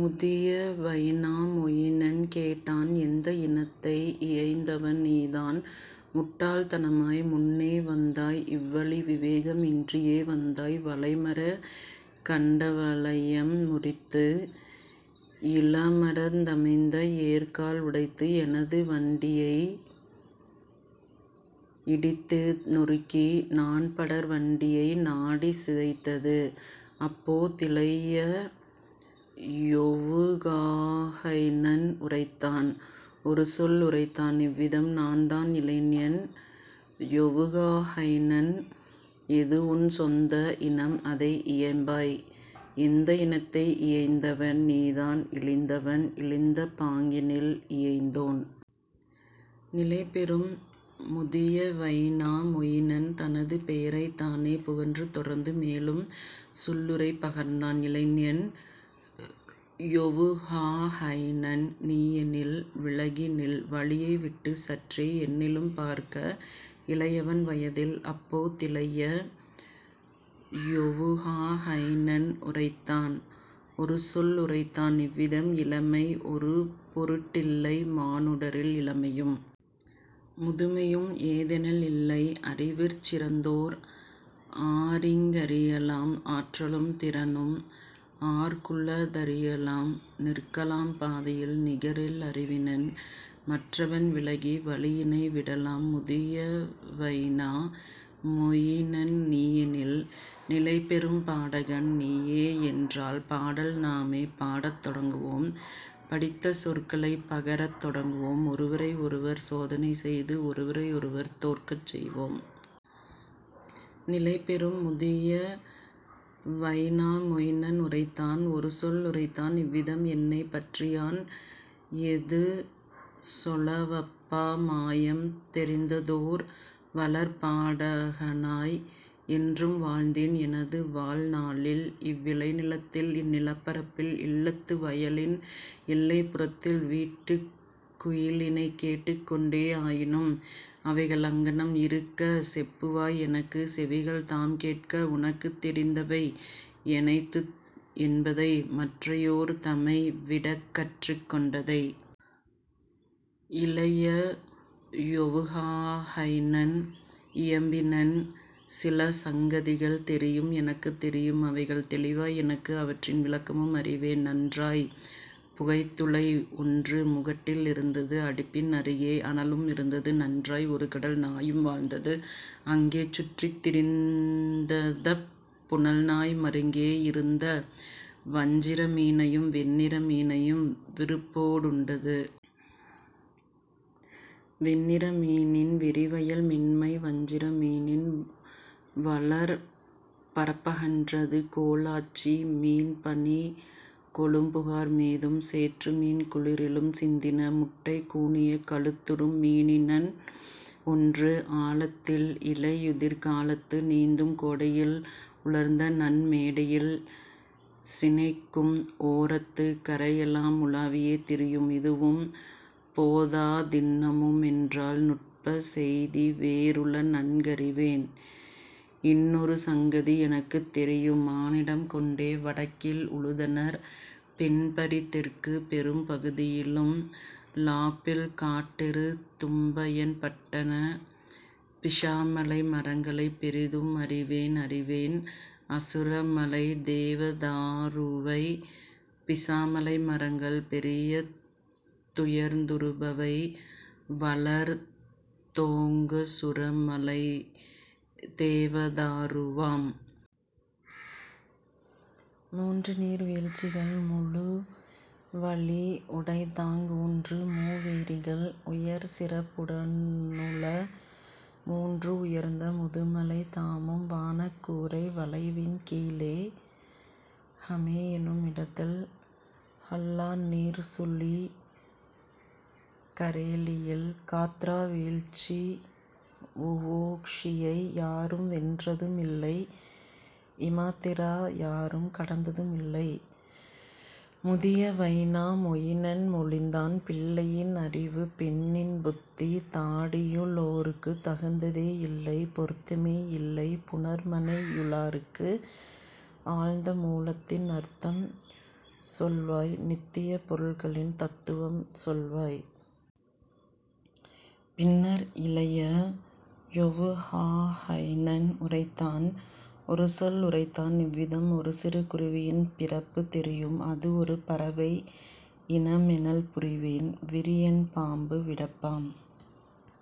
முதிய Vainamoinen கேட்டான் எந்த இனத்தை இயைந்தவன் நீதான் முட்டாள்தனமாய் முன்னே வந்தாய் இவ்வழி விவேகம் இன்றியே வந்தாய் வளைமரக் கண்டவளையம் முறித்து இளமரத்தமைந்த ஏர்க்கால் உடைத்து எனது வண்டியை இடித்துநொருக்கி நான்படர் வண்டியை நாடிச் சிதைத்தது. அப்போ திளைய யொவுகாஹைனன் உரைத்தான் ஒருசொல் உரைத்தான் இவ்விதம் நான்தான் இளைஞன் யொவுகாஹைனன் எதுஉன் சொந்த இனம்அதை இயம்பாய் எந்த இனத்தை இயைந்தவன் நீதான் இழிந்தவன் இழிந்த பாங்கினில் இயைந்தோன். நிலைபெறும் முதிய வைனா மொயினன் தனது பெயரைத் தானே புகன்று தொடர்ந்து மேலும் சொல்லுரை பகர்ந்தான் இளைஞன் யொவுகாஹைனன் நீயெனில் விலகிநில் வழியை விட்டுச் சற்றே என்னிலும் பார்க்க இளையவன் வயதில். அப்போ திளைய யொவுகாஹைனன் உரைத்தான் ஒருசொல் உரைத்தான் இவ்விதம் இளமை ஒருபொருட்டில்லைமானுடரில் இளமையும் முதுமையும் ஏதெனல் இல்லை அறிவிற் சிறந்தோர் ஆரிங்கறியலாம் ஆற்றலும் திறனும் ஆர்க்குள தறியலாம் நிற்கலாம் பாதையில் நிகரில் அறிவினன் மற்றவன் விலகி வழியினை விடலாம் முதிய வைனா மொயினன் நீயெனில் நிலைபெறும் பாடகன் நீயேயென்றால் பாடல் நாமே பாடத் தொடங்குவோம் படித்த சொற்களைப் பகரத் தொடங்குவோம் ஒருவரை ஒருவர் சோதனை செய்து ஒருவரை ஒருவர் தோற்கச் செய்வோம். நிலைபெறும் முதிய வைனா மொயினன் உரைத்தான் ஒருசொல் உரைத்தான் இவ்விதம் என்னைப் பற்றியான் எதுசொலவப்பா மாயம் தெரிந்ததோர் வளர்பாடகனாய் என்றும் வாழ்ந்தேன் எனதுவாழ் நாளில் இவ்விளைநிலத்தில் இந்நிலப்பரப்பில் இல்லத்து வயலின் எல்லைப்புறத்தில் வீட்டுக்குயிலினைக் கேட்டுக் கொண்டே ஆயினும் அவைகள் அங்ஙனம் இருக்க செப்புவாய் எனக்குச் செவிகள்தாம் கேட்க உனக்குத் தெரிந்தவை எனைத்து என்பதை மற்றையோர் தமைவிடக் கற்றுக் கொண்டதை. இளைய யொவுகாஹைனன் இயம்பினன் சிலசங்கதிகள் தெரியும் எனக்கு தெரியும் அவைகள் தெளிவாய் எனக்கு அவற்றின் விளக்கமும் அறிவேன் நன்றாய் புகைத்துளை ஒன்று முகட்டில் இருந்தது அடுப்பின் அருகே அனலும் இருந்தது. நன்றாய் ஒருகடல் நாயும் வாழ்ந்தது அங்கே சுற்றித் திரிந்ததப் புனல்நாய் மருங்கே யிருந்த வஞ்சிர மீனையும் வெண்ணிற மீனையும் விருப்போடுண்டது. வெண்ணிற மீனின் விரிவயல் மென்மை வஞ்சிர மீனின் வளர்ப்பரப்பகன்றது கோலாச்சி மீன்பனிக் கொழும்புகார் மீதும் சேற்றுமீன் குளிரிலும் சிந்தின முட்டை. கூனிய கழுத்துறும் மீனினம் ஒன்று ஆழத்தில் இலையுதிர்காலத்து நீந்தும் கோடையில் உலர்ந்தநன்மேடையில் சினைக்கும் ஓரத்துக் கரையெலாம் உலாவியே திரியும். இதுவும் போதா தின்னமுமென்றால் நுட்பச் செய்திவேறுள நன்கறிவேன் இன்னொரு சங்கதி எனக்குத் தெரியும் மானிடம் கொண்டே வடக்கில் உழுதனர் பெண்பரி தெற்குப்பெரும்பகுதியிலும் லாப்பில் காட்டெரு தும்பயன் பட்டன பிஸாமலை மரங்களைப் பெரிதும் அறிவேன் அறிவேன் அசுரமலைத்தேவதாருவை பிஸாமலை மரங்கள் பெரிதுயர்ந்துறுபவை வளர்தோங்கசுரமலைத்தேவதாருவாம். மூன்றுநீர் வீழ்ச்சிகள் முழுவலியுடைத்தாங் ஊன்று மூவேரிகள் உயர்சிறப்புடனுள மூன்று உயர்ந்த முதுமலை தாமும் வானக்கூரை வளைவின் கீழே ஹமேஎனுமிடத்தில் ஹல்லா நீர்ச்சுழி கரேலியில் காத்ரா வீழ்ச்சி வுவோக்ஸியை யாரும் வென்றதுமில்லை இமாத்திரா யாரும் கடந்ததுமில்லை. முதிய வைனா மொயினன் மொழிந்தான் பிள்ளையின் அறிவு பெண்ணின் புத்தி தாடியுளோர்க்குத் தகுந்ததே யில்லை பொருத்தமே யில்லைப் புணர்மனையுளார்க்கு ஆழ்ந்த மூலத்தின் அர்த்தம் சொல்வாய் நித்தியப் பொருட்களின் தத்துவம் சொல்வாய். பின்னர் இளைய யொவுகாஹைனன் உரைத்தான் ஒருசொல் உரைத்தான் இவ்விதம் ஒருசிறு குருவியின் பிறப்புத் தெரியும் அதுஒரு பறவை இனமெனல் புரிவேன் விரியன் பாம்பு விடப்பாம்